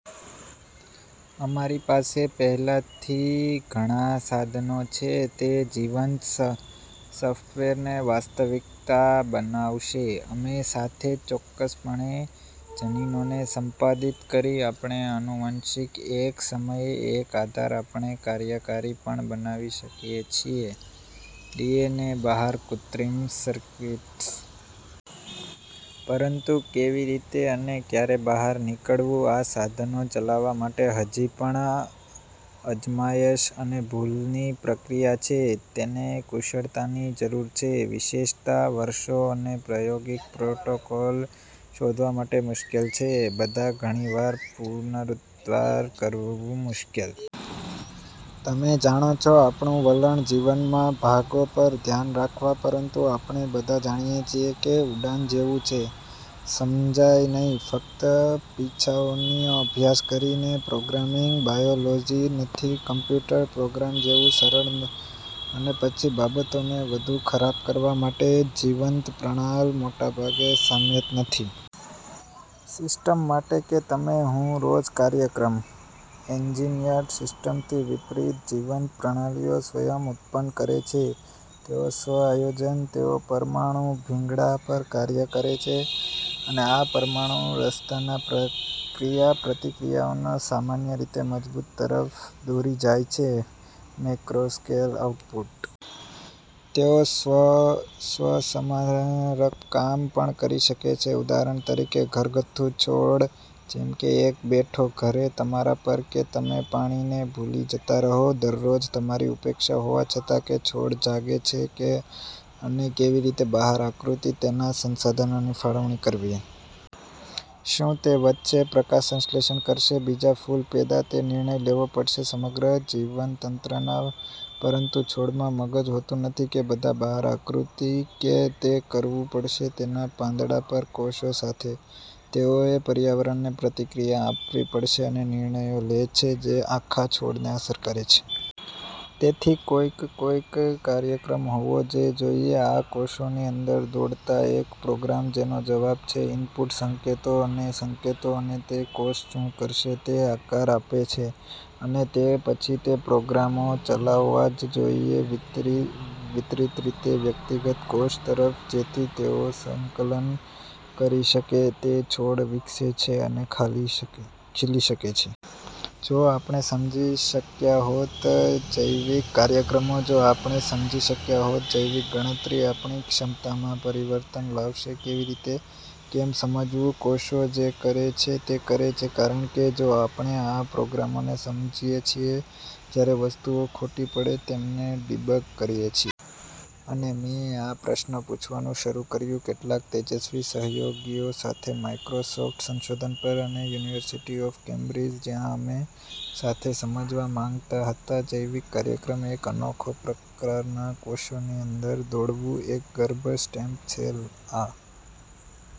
અમારી પાસે પહેલાથી ઘણા સાધનો છે તે જીવંત સફ્ટવેરને વાસ્તવિકતા બનાવશે. અમે સાથે ચોક્કસપણે જનીનોને સંપાદિત કરી આપણે આનુવંશિક એક સમયે એક આધાર આપણે કાર્યકારી પણ બનાવી શકીએ છીએ. ડીએનએ બહાર કૃત્રિમ સર્કિટ્સ. પરંતુ કેવી રીતે અને ક્યારે બહાર નીકળવું આ સાધનો ચલાવવા માટે હજી પણ અજમાયશ અને ભૂલની પ્રક્રિયા છે. તેને કુશળતાની જરૂર છે, વિશેષતા વર્ષો અને પ્રાયોગિક પ્રોટોકોલ શોધવા માટે મુશ્કેલ છે. બધા ઘણી વાર, પુનરુત્પાદન કરવું મુશ્કેલ. તમે જાણો છો, આપણું વલણ જીવનમાં ભાગોં પર ઘ્યાન રાખવા, પરંતુ આપણે બધા જાણીએ છીએ કે ઉડાન જેવું છે, સમજાય નહીં. ફક્ત પીછાઓનો અભ્યાસ કરીને. પ્રોગ્રામિંગ બાયોલોજી નથી કમ્પ્યુટર પ્રોગ્રામ જેવુ સરળ અને પછી બાબતોને વધુ ખરાબ કરવા માટે, જીવંતપ્રણાલ મોટાભાગે સામ્યતા નથી. સિસ્ટમો માટે કે તમે, હું રોજ કાર્યક્રમ. એન્જિનિયર્ડ સિસ્ટમ્સથી વિપરીત, જીવંત પ્રણાલીઓ સ્વયં ઉત્પન્ન કરે છે, તેઓ સ્વ આયોજન, તેઓ પરમાણુ ભીંગડા પર કાર્ય કરે છે. અને આ પરમાણુ સ્તરના ક્રિયાપ્રતિક્રિયાઓ સામાન્ય રીતે મજબૂત તરફ દોરી જાય છે મેક્રોસ્કેલ આઉટપુટ. તેઓ સ્વસમારકામ પણ કરી શકે છે. ઉદાહરણ તરીકે ઘરગથ્થુ છોડ, જેમ કે એક બેઠો ઘરે તમારા પર કે તમે પાણીને ભૂલી જતા રહો. દરરોજ, તમારી ઉપેક્ષા હોવા છતાં, કે છોડ જાગે છે અને કેવી રીતે બહાર આકૃતિ તેના સંસાધનોની ફાળવણી કરવા. શું તે વધશે, પ્રકાશસંશ્લેષણ કરશે, બીજ ફૂલ પેદા, તે નિર્ણય લેવો પડશે સમગ્ર જીવતંત્રના પરંતુ છોડમાં મગજ હોતું નથી કે બધા બહાર આકૃતિ તે કરવું પડશે તેના પાંદડા પર કોષો સાથે. તેઓએ પર્યાવરણને પ્રતિક્રિયા આપવી પડશે અને નિર્ણયો લે છે જે આખા છોડને અસર કરે છે. તેથી કોઈક કોઈ કાર્યક્રમ હોવો જ જોઇએ આ કોષોની અંદર દોડતા, એક પ્રોગ્રામ જેનો જવાબ છે ઇનપુટ સંકેતો અને સંકેતો અને તે કોષ શું કરશે તે આકાર આપે છે. અને તે પછી તે પ્રોગ્રામો ચલાવવા જ જોઇએ વિતરિત રીતે વ્યક્તિગત કોષો તરફ, જેથી તેઓ સંકલન કરી શકે, તે છોડ વિકસે છે અને ખીલી શકે છે. જો આપણે સમજી શક્યા હોત જૈવિક કાર્યક્રમો, જો આપણે સમજી શક્યા હોત જૈવિક ગણતરી, આપણી ક્ષમતામાં પરવર્તન લાવશે કેવી રીતે, કૅમ સમજવું ?કોષો જે કરે છે તે કરે છે. કારણ કે, જો આપણે આ પ્રોગ્રામોને સમજીએ છીએ, જ્યારે વસ્તુઓ ખોટી પડે તેમને ડિબગ કરી શકીએ. અને મેં આ પ્રશ્નો પૂછવાનું શરૂ કર્યું કેટલાક તેજસ્વી સહયોગીઓ સાથે માઈક્રોસોફ્ટ સંશોધન પર અને યુનિવર્સિટી ઓફ કેમ્બ્રિજ, જ્યાં અમે સાથે સમજવા માંગતા હતા જૈવિક કાર્યક્રમ એક અનોખા પ્રકારનાં કોષની અંદર દોડવું: એક ગર્ભ સ્ટેમ સેલ. આ